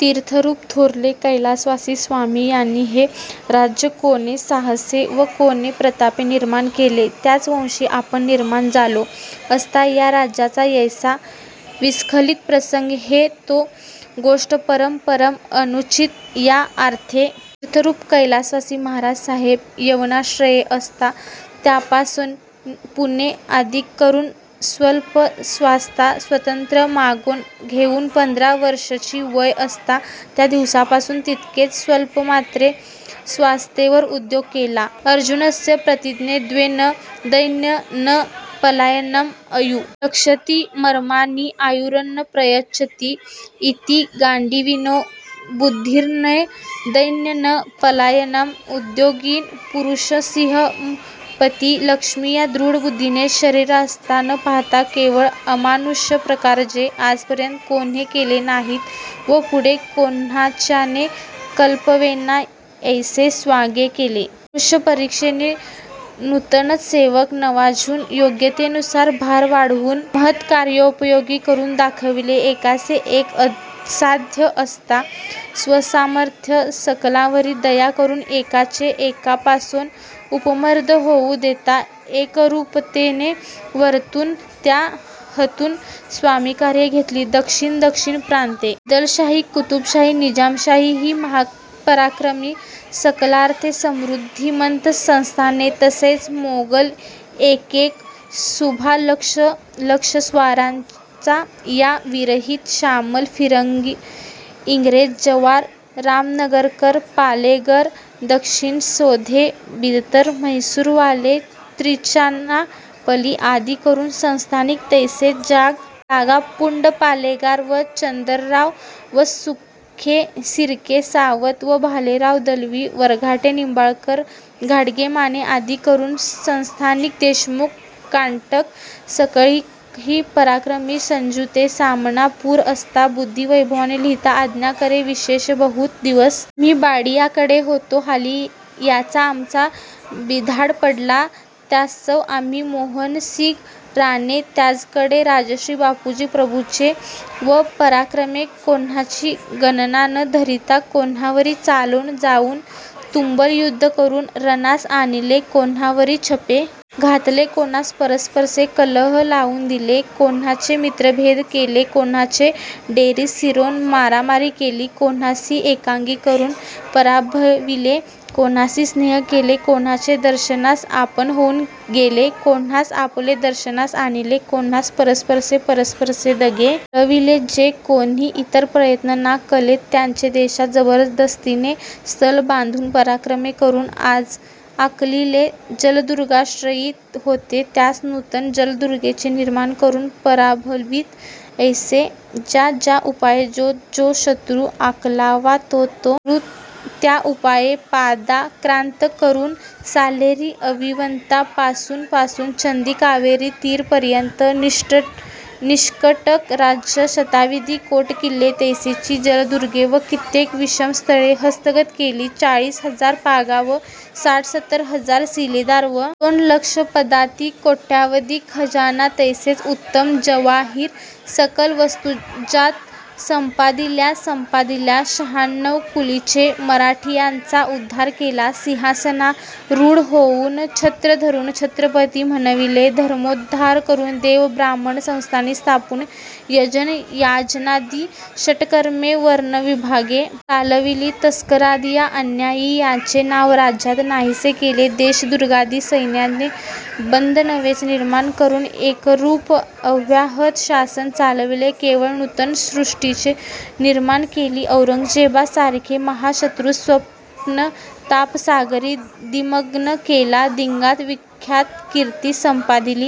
तीर्थरूप थोरले कैलासवासी स्वामी यांणी हे राज्य कोणे साहसें व कोणे प्रतापें निर्माण केलें त्याच वंशी आपण निर्माण जालों आसतां या राज्याचा यैसा विस्खलित प्रसंग हे तो गोष्ट परम परम अनुचित या आर्थें तीर्थरूप कैलासवासी महाराज साहेब यवनाश्रयें आसता त्यापासोन पुणें आदिकरून स्वल्प स्वास्ता स्वतंत्र मागोन घेऊन पंधरा वर्षचि वय आसतां त्या दिवसापासून तितकेच स्वल्पमात्रे स्वास्तेवर उद्योग केला अर्जुनस्य प्रतिज्ञे द्वे न दैन्यं न पलायनम् अयू रक्षति मर्माणि आयुरन्नंप्रयच्छति इति गांडीविनो बुद्धिर्न दैन्यं न पलायनम् उद्योगिनं पुरुषसिंहमुपैति लक्ष्मीः या दृढ बुद्धीने शरीरास्ता न पाहतां केवळ अमानुष्य पराक्रम जे आजपर्यंत कोण्हें केले नाहींत व पुढे कोण्हाच्याने कल्पवेना यैसे स्वांगे केले मनुष्य परीक्षेने नूतनच सेवक नवाजून योग्यतेनुसार भार वाढवून महत्कार्योपयोगी करून दाखविले येकास येक असाध्य आसता स्वसामर्थ्यें सकलांवरी दया करून येकाचा येकापासोन उपमर्द होऊ देतां येकरूपतेने वर्तुन त्या हतून स्वामिकार्यें घेतली दक्षिण दक्षिण प्रांतें इदलशाही कुतुबशाही निजामशाही ही महापराक्रमी सकलार्थे समृद्धीमंत संस्थानें तैसेंच मोगल येकेक सुभा लक्ष लक्ष स्वारांचा या विरहित शामल फिरंगी इंग्रेज जवार रामनगरकर पालेगर दक्षिण सोधे बिदतर म्हैसूरवाले त्रिचनापली आदी करून संस्थानिक तैसेच जाग जागा पुंडपालेगार व चंदरराव व सुखे सिर्के सावत व भालेराव दलवी वरघाटे निंबाळकर घाटगे माने आदी करून संस्थानिक देशमुख कांटक सकळही पराक्रमी संजुते सामान पूर आसता बुद्धीवैभवे लिहितां आज्ञा करणे विशेश बहुत दिवस आम्ही बाडियाकडे होतो हाली याचा आमचा बिधाड पडला त्यास्तव आम्ही मोहन सिग राणे त्याजकडे राजश्री बापूजी प्रभूचें व पराक्रमे कोण्हाची गणना न धरिता कोण्हावरी चालोन जावून तुंबल युद्ध करून रणास आणीले कोण्हावरी छपे घातले कोण्हास परस्परे कलह लाउन दिल्हे कोण्हाचे मित्रभेद केले कोण्हाचे डेरिस सिरोन मारामारी केली कोण्हासी येकांगी करून पराभवीले कोण्हासी स्नेह केले कोण्हाचे दर्शनास आपणहोऊन गेले कोण्हास आपले दर्शनास आणिले कोण्हास परस्परे परस्परे दगे करवीले जे कोण्ही इतर प्रयत्ने ना कलेत त्यांचे देशात जबरदस्तीने स्थल बांधून पराक्रमे करून आकलीले जलदुर्गाश्रईत होते त्यास नूतन जलदुर्गेच निर्माण करून पराभवील यैसे ज्या ज्या उपाये जो जो शत्रू आकलावा तो तो शत्रू त्या उपाये पादाक्रांत करून साल्हेरी अहिवंता पासुन पासुन चंदी कावेरी तीरपर्यंत निष्कंटक राज्य, शतावधि कोट किल्ले तैसींच जलदुर्गें व कितेक विषम स्थळें हस्तगत केली चाळीस हजार पागा व साठसत्तर हजार सिलेदार व दोन लक्ष पदाती कोट्यावधि खजाना तैसेच उत्तम जवाहिर सकल वस्तुज्यात संपादिल्या संपादिल्या शाहण्णव कुलीचे मराठियांचा उध्धार केला सिंहासनारूढ होऊन छत्र धरून छत्रपति म्हणविलें धर्मोध्धार करून देव ब्राह्मण संस्थानीं स्थापून यजन याजनादि षट्कर्में वर्णविभागें चालविलीं तस्करादि आन्याई यांचे नांव राज्यांत नाहींसें केलें देश दुर्गादि सैन्याचे बंद नवेच निर्माण करून येकरूप अव्याहत शासन चालविलें केवळ नूतन सृष्टिच निर्माण केली औरंगजेबा सारिखे महा शत्रुस स्वप्रताप सागरी निमग्न केला दिगांत विख्यात कीर्ति संपादिली